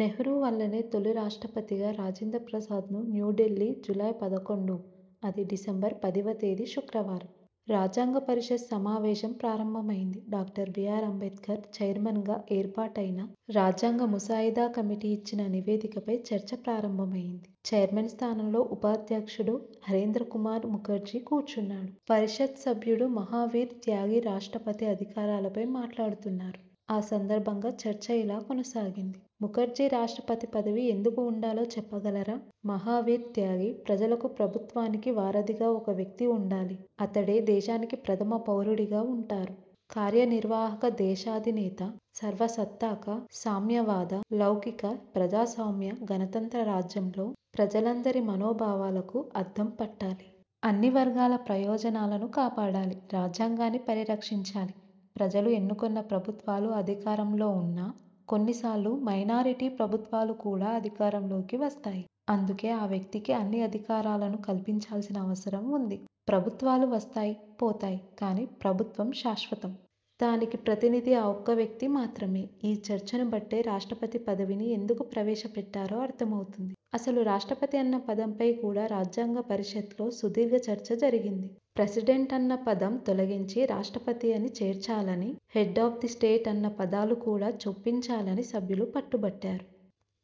నెహ్రూ వల్లనే తొలి రాష్ట్రపతిగా రాజేంద్రప్రసాద్న్ న్యూ ఢిల్లీ, జూలై పదకొండు 'అది, డిసెంబరు పదివ తేదీ శుక్రవారం. రాజ్యాంగ పరిషత్ సమావేశం ప్రారంభమైంది. డాక్టర్ బీఆర్ అంబేడ్కర్ చైర్మన్గా ఏర్పాటైన రాజ్యాంగ ముసాయిదా కమిటీ ఇచ్చిన నివేదిక పై చర్చ ప్రారంభమైంది. చైర్మన్ స్థానంలో ఉపాధ్యక్షుడు హరేంద్ర కుమార్ ముఖర్జీ కూర్చున్నారు. పరిషత్ సభ్యుడు మహావీర్ త్యాగి రాష్ట్రపతి అధికారాల పై మాట్లాడుతున్నారు, ఆ సందర్భంగా చర్చ ఇలా కొనసాగింది. ముఖర్జీ రాష్ట్రపతి పదవి ఎందుకు ఉండాలో చెప్పగలరా? మహావీర్ త్యాగి 'ప్రజలకు, ప్రభుత్వానికి వారధిగా ఒక వ్యక్తి ఉండాలి. అతడే దేశానికి ప్రథమ పౌరుడిగా ఉంటారు. కార్య నిర్వాహక దేశాధినేత, సర్వసత్తాక, సామ్యవాద, లౌకిక, ప్రజాస్వామ్య, గణతంత్ర రాజ్యంలో ప్రజలందరి మనో భావాలకు అద్దం పట్టాలి. అన్ని వర్గాల ప్రయోజనాలను కాపాడాలి. రాజ్యాంగాన్ని పరి రక్షించాలి. ప్రజలు ఎన్నుకున్న ప్రభుత్వాలు అధికారంలో ఉన్నా, కొన్ని సార్లు మైనారిటీ ప్రభుత్వాలు కూడా అధికారం లోకి వస్తాయి. అందుకే ఆ వ్యక్తికి అన్ని అధికారాలను కల్పించాల్సిన అవసరం ఉంది. ప్రభుత్వాలు వస్తాయి, పోతాయి. కానీ ప్రభుత్వం శాశ్వతం. దానికి ప్రతినిధి ఆ ఒక్క వ్యక్తి మాత్రమే ఈ చర్చను బట్టే రాష్ట్రపతి పదవిని ఎందుకు ప్రవేశ పెట్టారో అర్ధం అవుతుంది. అసలు రాష్ట్రపతి అన్న పదంపై కూడా రాజ్యాంగ పరిషత్లో సుదీర్ఘ చర్చ జరిగింది. ప్రెసిడెంట్ అన్న పదం తొలగించి రాష్ట్రపతి అని చేర్చాలని, హెడ్ ఆఫ్ ది స్టేట్ అన్న పదాలు కూడా చొప్పించాలని సభ్యులు పట్టు బట్టారు.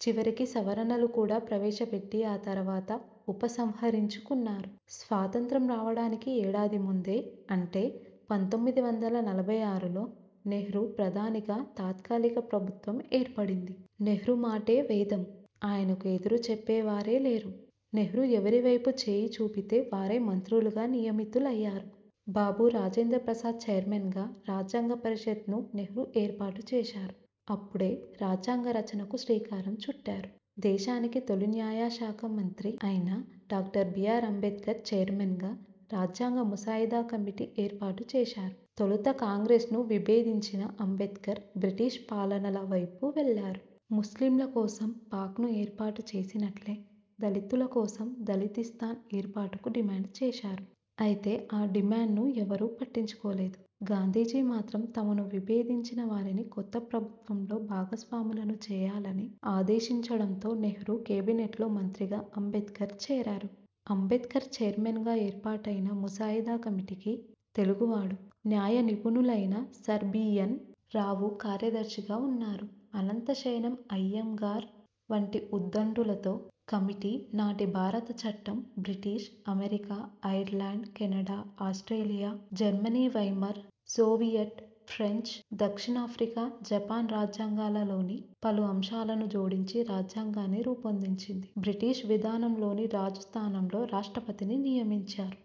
చివరికి సవరణలు కూడా ప్రవేశ పెట్టి ఆ తర్వాత ఉపసంహరించుకున్నారు. స్వాతంత్య్రం రావడానికి ఏడాది ముందే, అంటే పంతొమ్మిది వందల నలభై ఆరులో నెహ్రూ ప్రధానిగా తాత్కాలిక ప్రభుత్వం ఏర్పడింది. నెహ్రూ మాటే వేదం. ఆయనకు ఎదురు చెప్పేవారే లేరు. నెహ్రూ ఎవరి వైపు చేయి చూపితే వారే మంత్రులుగా నియమితులయ్యారు. బాబూ రాజేంద్రప్రసాద్ చైర్మన్గా రాజ్యాంగ పరిషత్ను నెహ్రూ ఏర్పాటు చేశారు. అప్పుడే రాజ్యాంగ రచనకు శ్రీకారం చుట్టారు. దేశానికి తొలి న్యాయ శాఖ మంత్రి అయిన డాక్టర్ బీఆర్ అంబేడ్కర్ చైర్మన్గా రాజ్యాంగ ముసాయిదా కమిటీ ఏర్పాటు చేశారు. తొలుత కాంగ్రె్సను విభేదించిన అంబేడ్కర్ బ్రిటిష్ పాలకుల వైపు వెళ్లారు. ముస్లింల కోసం పాక్ను ఏర్పాటు చేసినట్లే దళితుల కోసం దళితిస్తాన్ ఏర్పాటుకు డిమాండ్ చేశారు. అయితే ఆ డిమాండ్ను ఎవరూ పట్టించు కోలేదు. గాంధీజీ మాత్రం తమను విభేదించిన వారినీ కొత్త ప్రభుత్వంలో భాగస్వాములను చేయాలని ఆదేశించడంతో నెహ్రూ కేబినెట్లో మంత్రిగా అంబేడ్కర్ చేరారు. అంబేడ్కర్ చైర్మన్గా ఏర్పాటైన ముసాయిదా కమిటీకి తెలుగు వాడు, న్యాయ నిపుణులైన సర్ బిఎన్. రావు కార్యదర్శిగా ఉన్నారు. అనంత శయనం అయ్యంగార్ వంటి ఉద్ధండులతో కమిటీ నాటి భారత చట్టం, British, America, Ireland, Canada, Australia, Germany Weimar, Soviet, French, దక్షిణాఫ్రికా, జపాన్ రాజ్యాంగాల లోని పలు అంశాలను జోడించి రాజ్యాంగాన్ని రూపొందించింది. బ్రిటిష్ విధానంలోని రాజు స్థానంలో రాష్ట్రపతిని నియమించారు.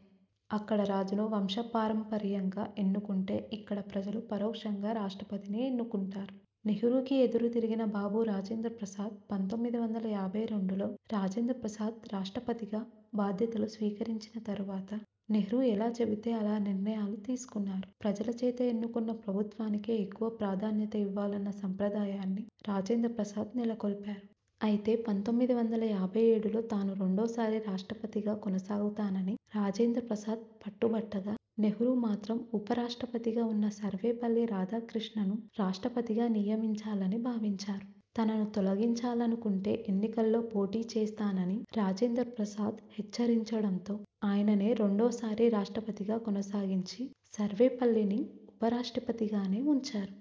అక్కడ రాజును వంశపారం పర్యంగా ఎన్నుకుంటే ఇక్కడ ప్రజలు పరోక్షంగా రాష్ట్రపతిని ఎన్నుకుంటారు. నెహ్రూకి ఎదురు తిరిగిన బాబూ రాజేంద్రప్రసాద్ పంతొమ్మిది వందల యాభై రెండులో రాజేంద్ర ప్రసాద్ రాష్ట్రపతిగా బాధ్యతలు స్వీకరించిన తరువాత నెహ్రూ ఎలా చెబితే అలాగే నిర్ణయాలు తీసుకున్నారు. ప్రజల చేత ఎన్నుకున్న ప్రభుత్వానికే ఎక్కువ ప్రాధాన్యత ఇవ్వాలన్న సంప్రదాయాన్ని రాజేంద్ర ప్రసాద్ నెల కొల్పారు. అయితే పంతొమ్మిది వందల యాభై ఏడులో తాను రెండో సారి రాష్ట్రపతిగా కొనసాగుతానని రాజేంద్రప్రసాద్ పట్టు బట్టగా, నెహ్రూ మాత్రం ఉప రాష్ట్రపతిగా ఉన్న సర్వేపల్లి రాధాకృష్ణన్ను రాష్ట్రపతిగా నియమించాలని భావించారు. తనను తొలగించాలను కుంటే ఎన్నికల్లో పోటీ చేస్తానని రాజేంద్ర ప్రసాద్ హెచ్చరించడంతో ఆయననే రెండో సారి రాష్ట్రపతిగా కొనసాగించి, సర్వేపల్లిని ఉప రాష్ట్రపతిగానే ఉంచారు.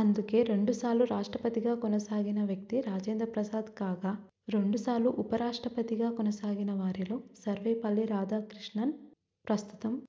అందుకే రెండు సార్లు రాష్ట్రపతి గా కొనసాగిన వ్యక్తి రాజేంద్ర ప్రసాద్ కాగా, రెండు సార్లు ఉప రాష్ట్రపతిగా కొనసాగిన వారిలో సర్వేపల్లి రాధాకృష్ణన్, ప్రస్తుత